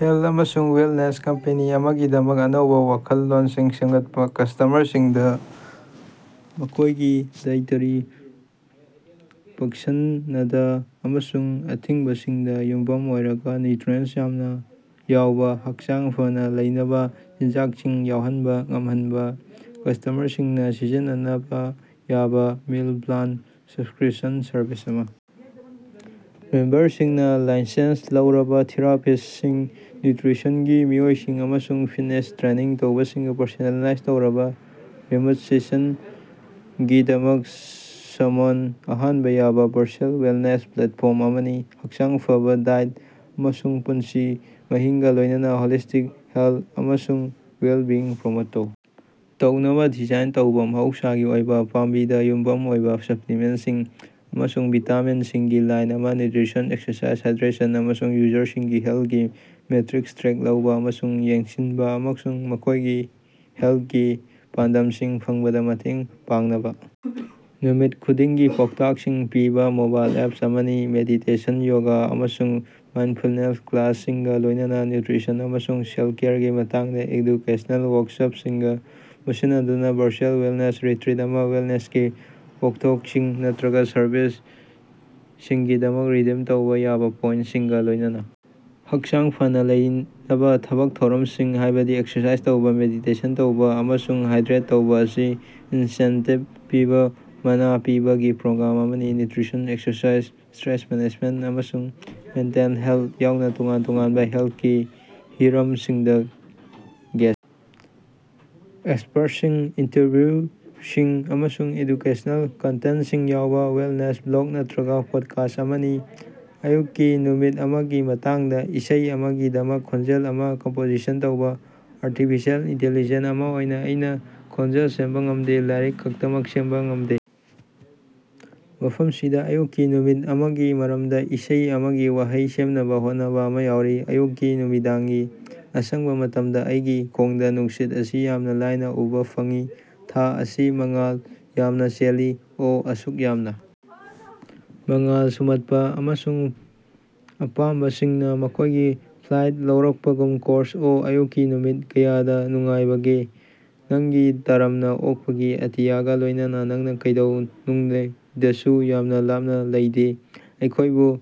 Health ꯑꯃꯁꯨꯡ wellness company ꯑꯃꯒꯤꯗꯃꯛ ꯑꯅꯧꯕ ꯋꯥꯈꯜꯂꯣꯟꯁꯤꯡ ꯁꯦꯝꯒꯠꯄ꯫ ꯀꯁ꯭ꯇꯃꯔꯁꯤꯡꯗ ꯃꯈꯣꯏꯒꯤ ꯗꯥꯏꯑꯦꯇ꯭ꯔꯤ ꯄꯁꯟꯗ ꯑꯃꯁꯨꯡ ꯑꯊꯤꯡꯕꯁꯤꯡꯗ ꯌꯨꯝꯐꯝ ꯑꯣꯏꯔꯒ ꯅ꯭ꯌꯨꯇ꯭ꯔꯤꯑꯦꯟꯇ ꯌꯥꯝꯅ ꯌꯥꯎꯕ, ꯍꯛꯆꯥꯡ ꯐꯅꯥ ꯂꯩꯅꯕ ꯆꯤꯟꯖꯥꯛꯁꯤꯡ ꯌꯧꯍꯟꯕ ꯉꯝꯕ ꯀꯁ꯭ꯇꯃꯔꯁꯤꯡꯅ ꯁꯤꯖꯤꯟꯅꯕ ꯌꯥꯕ ꯃꯤꯜ ꯄ꯭ꯂꯥꯟ ꯁꯕ꯭ꯁꯀ꯭ꯔꯤꯞꯁꯟ ꯁꯔꯚꯤꯁ ꯑꯃ, ꯃꯦꯝꯕꯔꯁꯤꯡꯅ ꯂꯥꯏꯁꯦꯟꯁ ꯂꯧꯔꯕ ꯊꯦꯔꯥꯄꯤꯁ꯭ꯇꯁꯤꯡ, ꯅ꯭ꯌꯨꯇ꯭ꯔꯤꯁꯟꯒꯤ ꯃꯤꯑꯣꯏꯁꯤꯡ, ꯑꯃꯁꯨꯡ ꯐꯤꯠꯅꯦꯁ ꯇ꯭ꯔꯦꯅꯤꯡ ꯇꯧꯕꯁꯤꯡꯒ ꯄꯔꯁꯣꯅꯦꯂꯥꯏꯖ ꯇꯧꯔꯕ, ꯔꯤꯃꯣꯠ ꯁꯦꯁꯟꯁꯤꯡꯒꯤꯗꯃꯛ ꯁꯝꯅꯍꯟꯕ ꯌꯥꯕ‌ ꯚꯔꯆꯨꯑꯦ ꯋꯦꯜꯅꯦꯁ ꯄ꯭ꯂꯦꯠꯐꯣꯔꯝ ꯑꯃꯅꯤ꯫ ꯍꯛꯆꯥꯡ ꯐꯕꯥ ꯗꯥꯏꯠ ꯑꯃꯁꯨꯡ ꯄꯨꯟꯁꯤ ꯃꯍꯤꯡꯒ ꯂꯣꯏꯅꯅ ꯍꯣꯂꯤꯁꯇꯤꯛ ꯍꯦꯜꯊ ꯑꯃꯁꯨꯡ ꯋꯦꯜꯕꯤꯡ ꯄ꯭ꯔꯃꯣꯠ ꯇꯧꯅꯕ ꯗꯤꯖꯥꯏꯟ ꯇꯧꯕ ꯃꯍꯧꯁꯥꯒꯤ ꯑꯣꯏꯕ, ꯄꯥꯝꯕꯤꯗ ꯌꯨꯝꯐꯝ ꯑꯣꯏꯕ ꯁꯄ꯭ꯂꯤꯃꯦꯟꯇꯁꯤꯡ ꯑꯃꯁꯨꯡ ꯚꯤꯇꯥꯃꯤꯟꯁꯤꯡꯒꯤ ꯂꯥꯏꯟ ꯑꯃ, ꯅ꯭ꯌꯨꯇꯔꯤꯁꯟ, ꯑꯦꯛꯁꯔꯁꯥꯏꯖ, ꯍꯥꯏꯗ꯭ꯔꯦꯁꯟ, ꯑꯃꯁꯨꯡ ꯇꯨꯝꯕ ꯌꯥꯎꯅ ꯌꯨꯖꯔꯁꯤꯡꯒꯤ ꯍꯛꯁꯦꯜꯒꯤ ꯃꯦꯇꯔꯤꯛꯁꯤꯡ ꯇ꯭ꯔꯦꯛ ꯇꯧꯕ ꯑꯃꯁꯨꯡ ꯌꯦꯡꯁꯤꯟꯕ ꯑꯃꯁꯨꯡ ꯃꯈꯣꯏꯒꯤ ꯍꯛꯁꯦꯜꯒꯤ ꯄꯥꯟꯗꯝꯁꯤꯡ ꯐꯪꯕꯗ ꯃꯇꯦꯡ ꯄꯥꯡꯅꯕ ꯅꯨꯃꯤꯠ ꯈꯨꯗꯤꯡꯒꯤ ꯄꯥꯎꯇꯥꯛꯁꯤꯡ ꯄꯤꯕ ꯃꯣꯕꯥꯏꯜ ꯑꯦꯞ ꯑꯃꯅꯤ꯫ ꯃꯦꯗꯤꯇꯦꯁꯟ, ꯌꯣꯒ, ꯑꯃꯁꯨꯡ ꯃꯥꯏꯟꯗꯐ꯭ꯔꯦꯟꯗ ꯀ꯭ꯂꯥꯁꯁꯤꯡꯒ ꯂꯣꯏꯅꯅ ꯅ꯭ꯌꯨꯇꯔꯤꯁꯟ ꯑꯃꯁꯨꯡ ꯁꯦꯜꯐ-ꯀꯦꯌꯔꯒꯤ ꯃꯇꯥꯡꯗ ꯑꯦꯖꯨꯀꯦꯁꯅꯦꯜ ꯋꯥ꯭ꯔꯛꯁꯣꯞꯁꯤꯡꯒ ꯄꯨꯟꯁꯤꯟꯅꯗꯨꯅ ꯚꯔꯆꯨꯑꯦ ꯋꯦꯜꯅꯦꯁ ꯔꯤꯇ꯭ꯔꯤꯠ ꯑꯃ, ꯋꯦꯜꯅꯦꯁꯀꯤ ꯄꯣꯠꯊꯣꯛꯁꯤꯡ ꯅꯠꯇꯔꯒ ꯁꯔꯚꯤꯁꯁꯤꯡꯒꯤꯗꯃꯛꯇ ꯔꯤꯗꯤꯝ ꯇꯧꯕ ꯌꯥꯕ ꯄꯣꯏꯟꯇꯁꯤꯡꯒ ꯂꯣꯏꯅꯅꯥ ꯍꯛꯆꯥꯡ ꯐꯅꯥ ꯂꯩꯅꯕ ꯊꯕꯛ ꯊꯧꯔꯝꯁꯤꯡ, ꯍꯥꯏꯕꯗꯤ ꯑꯦꯛꯁꯔꯁꯥꯏꯖ ꯇꯧꯕ, ꯃꯦꯗꯤꯇꯦꯁꯟ ꯇꯧꯕ, ꯑꯃꯁꯨꯡ ꯍꯥꯏꯗ꯭ꯔꯦꯠ ꯇꯧꯕ ꯑꯁꯤ ꯏꯟꯁꯦꯟꯇꯤꯕ ꯄꯤꯕ ꯃꯅꯥ ꯄꯤꯕꯒꯤ ꯄ꯭ꯔꯣꯒ꯭ꯔꯥꯝ ꯑꯃꯅꯤ꯫ ꯅ꯭ꯌꯨꯇꯔꯤꯁꯟ, ꯑꯦꯛꯁꯔꯁꯥꯏꯖ, ꯁ꯭ꯇꯔꯦꯁ ꯃꯦꯅꯦꯖꯃꯦꯟꯇ, ꯑꯃꯁꯨꯡ ꯃꯦꯟꯇꯦꯜ ꯍꯦꯜꯊ ꯌꯥꯎꯅ ꯇꯣꯉꯥꯟ ꯇꯣꯉꯥꯟꯕ ꯍꯛꯁꯦꯜꯒꯤ ꯍꯤꯔꯝꯁꯤꯡꯗ ꯒꯦꯁ꯭ꯠ ꯑꯦꯛꯁꯄ꯭ꯔꯠꯁꯤꯡ, ꯏꯟꯇꯔꯚ꯭ꯌꯨꯁꯤꯡ, ꯑꯃꯁꯨꯡ ꯑꯦꯖꯨꯀꯦꯁꯅꯦꯜ ꯀꯟꯇꯦꯟꯇꯁꯤꯡ ꯌꯥꯎꯕ ꯋꯦꯜꯅꯦꯁ ꯕ꯭ꯂꯣꯒ ꯅꯠꯇꯔꯒ ꯄꯣꯗꯀꯥꯁ꯭ꯠ ꯑꯃꯅꯤ꯫ ꯑꯌꯨꯛꯀꯤ ꯅꯨꯃꯤꯠ ꯑꯃꯒꯤ ꯃꯇꯥꯡꯗ ꯏꯁꯩ ꯑꯃꯒꯤꯗꯃꯛ ꯈꯣꯟꯖꯦꯜ ꯑꯃ ꯀꯝꯄꯣꯖꯤꯁꯟ ꯇꯧꯕ꯫ ꯑꯥꯔꯇꯤꯐꯤꯁꯤꯑꯦꯜ ꯏꯟꯇꯤꯂꯤꯖꯦꯟꯁ ꯑꯃ ꯑꯣꯏꯅ ꯑꯩꯅ ꯈꯣꯟꯖꯦꯜ ꯁꯦꯝꯕ ꯉꯃꯗꯦ, ꯂꯥꯏꯔꯤꯛ ꯈꯛꯇꯃꯛ ꯁꯦꯝꯕ ꯉꯝꯗꯦ꯫ ꯃꯐꯝꯁꯤꯗ ꯑꯌꯨꯛꯀꯤ ꯅꯨꯃꯤꯠ ꯑꯃꯒꯤ ꯃꯔꯝꯗ ꯏꯁꯩ ꯑꯃꯒꯤ ꯋꯥꯍꯩ ꯁꯦꯝꯅꯕ‌ ꯍꯣꯠꯅꯕ ꯑꯃ ꯌꯥꯎꯔꯤ - ꯑꯌꯨꯛꯀꯤ ꯅꯨꯃꯤꯗꯥꯡꯒꯤ ꯑꯁꯥꯡꯕ ꯃꯇꯝꯗ ꯑꯩꯒꯤ ꯈꯣꯡꯗ ꯅꯨꯡꯁꯤꯠ ꯑꯁꯤ ꯌꯥꯝꯅ ꯂꯥꯏꯅ ꯎꯕꯥ ꯐꯪꯏ ꯊꯥ ꯑꯁꯤ ꯃꯉꯥꯜ ꯌꯥꯝꯅ ꯆꯦꯜꯂꯤ ꯑꯣꯍ ꯑꯁꯨꯛ ꯌꯥꯝꯅ ꯃꯉꯥꯜ ꯁꯨꯝꯍꯠꯄ ꯑꯃꯁꯨꯡ ꯑꯄꯥꯝꯕꯁꯤꯡꯅ ꯃꯈꯣꯏꯒꯤ ꯐ꯭ꯂꯥꯏꯠ ꯂꯧꯔꯛꯄꯒꯨꯝ ꯀꯣꯔꯁ - ꯑꯣꯍ ꯑꯌꯨꯛꯀꯤ ꯅꯨꯃꯤꯠ, ꯀꯌꯥꯗ ꯅꯨꯡꯉꯥꯏꯕꯒꯦ ꯅꯪꯒꯤ ꯇꯔꯥꯝꯅ ꯑꯣꯛꯄꯒꯤ ꯑꯇꯤꯌꯥꯒ ꯂꯣꯏꯅꯅ ꯅꯪꯅ ꯀꯩꯗꯧꯉꯩꯗꯁꯨ ꯌꯥꯝꯅ ꯂꯥꯞꯅ ꯂꯩꯇꯦ ꯑꯩꯈꯣꯏꯕꯨ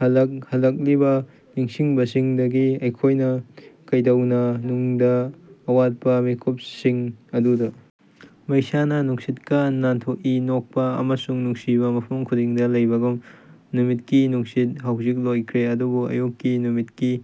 ꯍꯜꯂꯛꯍꯜꯂꯤꯕ ꯅꯤꯡꯁꯤꯡꯕꯁꯤꯡꯗꯒꯤ ꯑꯩꯈꯣꯏꯅ ꯀꯩꯗꯧꯉꯩꯗꯁꯨ ꯑꯋꯥꯠꯄ ꯂꯩꯔꯣꯏꯗꯕ ꯃꯤꯀꯨꯞꯁꯤꯡ ꯑꯗꯨꯗ ꯃꯩꯁꯥꯅ ꯅꯨꯡꯁꯤꯠꯇ ꯅꯥꯟꯊꯣꯛꯏ ꯅꯣꯛꯄ ꯑꯃꯁꯨꯡ ꯅꯨꯡꯁꯤꯕ ꯃꯐꯝ ꯈꯨꯗꯤꯡꯗ ꯂꯩꯕꯒꯨꯝ ꯅꯨꯃꯤꯠꯀꯤ ꯅꯨꯡꯁꯤꯠ ꯍꯧꯖꯤꯛ ꯂꯣꯏꯈ꯭ꯔꯦ ꯑꯗꯨꯕꯨ ꯑꯌꯨꯛꯀꯤ ꯅꯨꯃꯤꯠꯀꯤ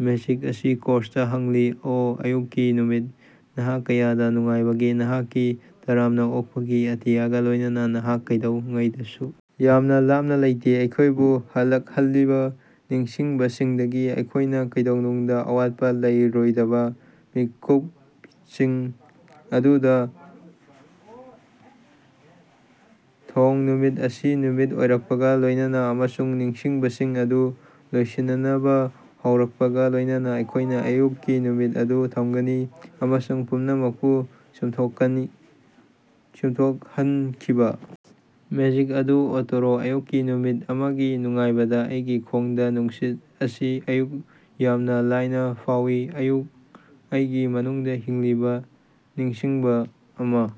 ꯃꯦꯖꯤꯛ ꯑꯁꯤ ꯀꯣꯔꯁꯇꯥ ꯍꯤꯡꯂꯤ - ꯑꯣꯍ ꯑꯌꯨꯛꯀꯤ ꯅꯨꯃꯤꯠ, ꯅꯍꯥꯛ ꯀꯌꯥꯗꯅꯨꯡꯉꯥꯏꯕꯒꯦ ꯅꯍꯥꯛꯀꯤ ꯇꯔꯥꯝꯅ ꯑꯣꯛꯄꯒꯤ ꯑꯇꯤꯌꯥꯒ ꯂꯣꯏꯅꯅ, ꯅꯍꯥꯛ ꯀꯩꯗꯧꯉꯩꯗꯁꯨ ꯌꯥꯝꯅ ꯂꯥꯞꯅ ꯂꯩꯇꯦ ꯑꯩꯈꯣꯏꯕꯨ ꯍꯜꯂꯛꯍꯜꯂꯤꯕ ꯅꯤꯡꯁꯤꯡꯕꯁꯤꯡꯗꯒꯤ ꯑꯩꯈꯣꯏꯅ ꯀꯩꯗꯧꯅꯨꯡꯗ ꯑꯋꯥꯠꯄ ꯂꯩꯔꯣꯏꯗꯕ ꯃꯤꯀꯨꯞꯁꯤꯡ ꯑꯗꯨꯗ ꯊꯣꯡ - ꯅꯨꯃꯤꯠ ꯑꯁꯤ ꯅꯨꯃꯤꯠ ꯑꯣꯏꯔꯛꯄꯒ ꯂꯣꯏꯅꯅ ꯑꯃꯁꯨꯡ ꯅꯤꯡꯁꯤꯡꯕꯁꯤꯡ ꯑꯗꯨ ꯂꯣꯏꯁꯤꯟꯕ ꯍꯧꯔꯛꯄꯒ ꯂꯣꯏꯅꯅ ꯑꯩꯈꯣꯏꯅ ꯑꯌꯨꯛꯀꯤ ꯅꯨꯃꯤꯠ ꯑꯗꯨ ꯊꯝꯒꯅꯤ ꯑꯃꯁꯨꯡ ꯄꯨꯝꯅꯃꯛꯄꯨ ꯆꯨꯝꯊꯣꯛꯍꯟꯈꯤꯕ ꯃꯦꯖꯤꯛ ꯑꯗꯨ ꯑꯥꯎꯇꯔꯣ - ꯑꯌꯨꯛꯀꯤ ꯅꯨꯃꯤꯠ ꯑꯃꯒꯤ ꯅꯨꯡꯉꯥꯏꯕꯗ ꯑꯩꯒꯤ ꯈꯣꯡꯗꯥ ꯅꯨꯡꯁꯤꯠ ꯑꯁꯤ ꯑꯁꯨꯛ ꯌꯥꯝꯅ ꯂꯥꯏꯅ ꯐꯥꯎꯏ ꯑꯌꯨꯛ ꯑꯩꯒꯤ ꯃꯅꯨꯡꯗ ꯍꯤꯡꯂꯤꯕ ꯅꯤꯡꯁꯤꯡꯕ ꯑꯃ꯫